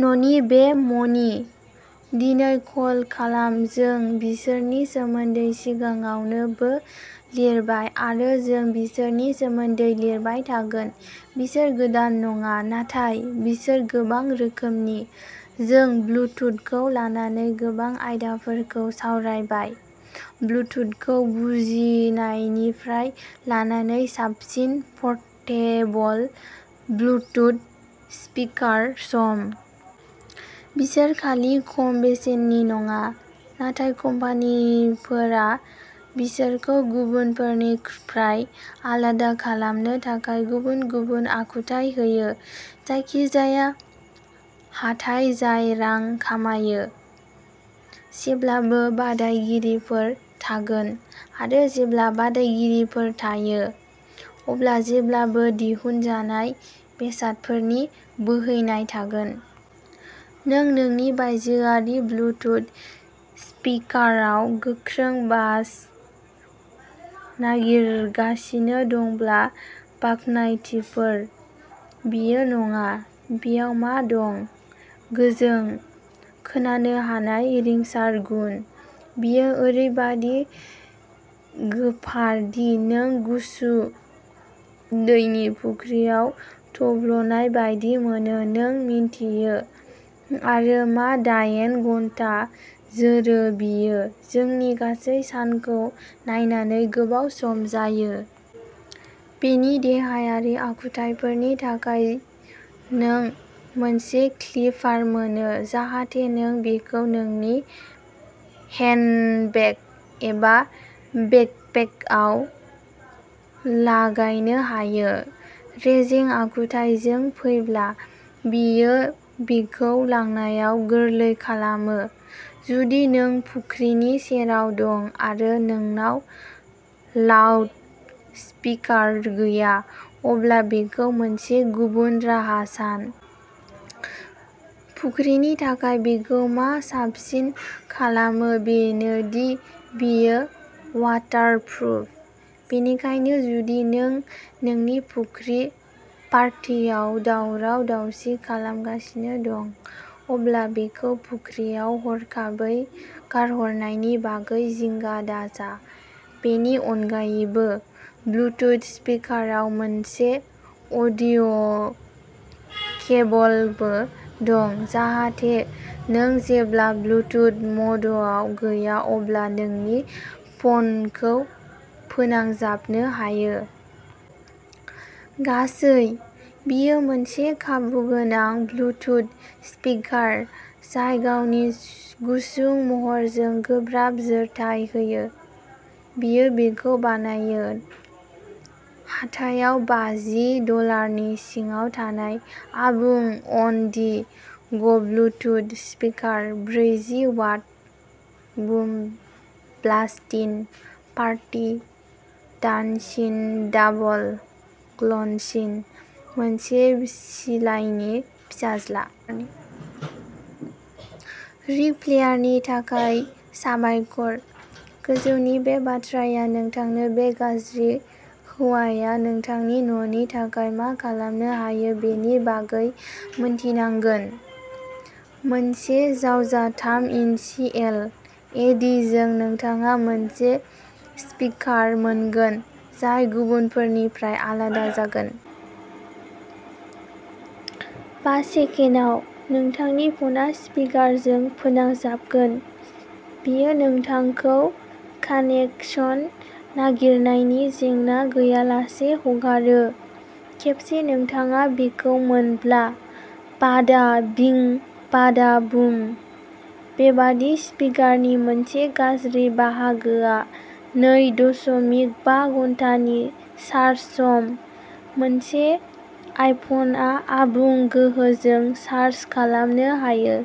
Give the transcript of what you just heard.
न'नि बे मणि, दिनै कल खालाम जों बिसोरनि सोमोन्दै सिगाङावनोबो लिरबाय। आरो जों बिसोरनि सोमोन्दै लिरबाय थागोन। बिसोर गोदान नङा, नाथाय बिसोर गोबां रोखोमनि। जों ब्लुटुथखौ लानानै गोबां आयदाफोरखौ सावरायबाय। ब्लुटुथखौ बुजिनायनिफ्राय लानानै साबसिन परटेबल ब्लुटुथ स्पिकार सम। बिसोर खालि खम बेसेननि नङा, नाथाय कम्पानिफोरा बिसोरखौ गुबुनफोरनिफ्राय आलादा खालामनो थाखाय गुबुन गुबुन आखुथाय होयो। जायखिजाया हाथाइ जाय रां खामायो, जेब्लाबो बादायगिरिफोर थागोन। आरो जेब्ला बादायगिरिफोर थायो, अब्ला जेब्लाबो दिहुनजानाय बेसादफोरनि बोहैनाय थागोन। नों नोंनि बायजोआरि ब्लुटुथ स्पिकाराव गोख्रों बास नागिरगासिनो दंब्ला बाख्नायथिफोर, बेयो नङा। बेयाव मा दं। गोजों, खोनानो हानाय रिंसार गुन। बेयो ओरैबादि गोफार दि नों गुसु दैनि फुख्रियाव थब्लनाय बायदि मोनो। नों मिन्थियो आरो मा दायेन घन्टा जोरो बेयो जोंनि गासै सानखौ नायनानै गोबाव सम जायो। बेनि देहायारि आखुथायफोरनि थाखाय नों मोनसे क्लिपार मोनो जाहाथे नों बेखौ नोंनि हेन्डबेग, एबा बेकपेकआव लागायनो हायो। रेजें आखुथायजों फैब्ला, बेयो बेखौ लांनायाव गोरलै खालामो। जुदि नों फुख्रिनि सेराव दं आरो नोंनाव लाउडस्पिकार गैया, अब्ला बेखौ मोनसे गुबुन राहा सान। फुख्रिनि थाखाय बेखौ मा साबसिन खालामो बेनो दि बेयो वाटारप्रुफ। बेनिखायनो जुदि नों नोंनि फुख्रि पार्टियाव दावराव-दावसि खालामगासिनो दं, अब्ला बेखौ फुख्रियाव हरखाबै गारहरनायनि बागै जिंगा दाजा। बेनि अनगायैबो, ब्लुटुथ स्पिकाराव मोनसे अडिअ'केबलबो दं जाहाथे नों जेब्ला ब्लुटुथ म'डआव गैया अब्ला नोंनि फ'नखौ फोनांजाबनो हायो। गासै, बेयो मोनसे खाबुगोनां ब्लुटुथ स्पिकार जाय गावनि गुसुं महरजों गोब्राब जोरथाय होयो। बेयो बेखौ बानायो। हाथायाव बाजि डलारनि सिङाव थानाय आबुं अन दि ग ब्लुटुथ स्पिकार। ब्रैजि watt boom blasting, party dancing, double glancing, मोनसे सिलाइनि फिसाज्ला। रिक फ्लेयारनि थाखाय साबायखर, गोजौनि बे बाथ्राआ नोंथांनो बे गाज्रि हौवाया नोंथांनि न'नि थाखाय मा खालामनो हायो बेनि बागै मोन्थिनांगोन। मोनसे जावजा थाम इन्सि एल इ डि जों नोंथाङा मोनसे स्पिकार मोनगोन जाय गुबुनफोरनिफ्राय आलादा जागोन। बा सेकेन्डाव, नोंथांनि फना स्पिकारजों फोनांजाबगोन। बेयो नोंथांखौ कानेक्सन नागिरनायनि जेंना गैयालासे हगारो। खेबसे नोंथाङा बेखौ मोनब्ला, बाडा बिं बाडा बुम। बेबादि स्पिकारनि मोनसे गाज्रि बाहागोआ नै दशमिक बा घन्टानि चार्ज सम। मोनसे आइफनआ आबुं गोहोजों चार्ज खालामनो हायो।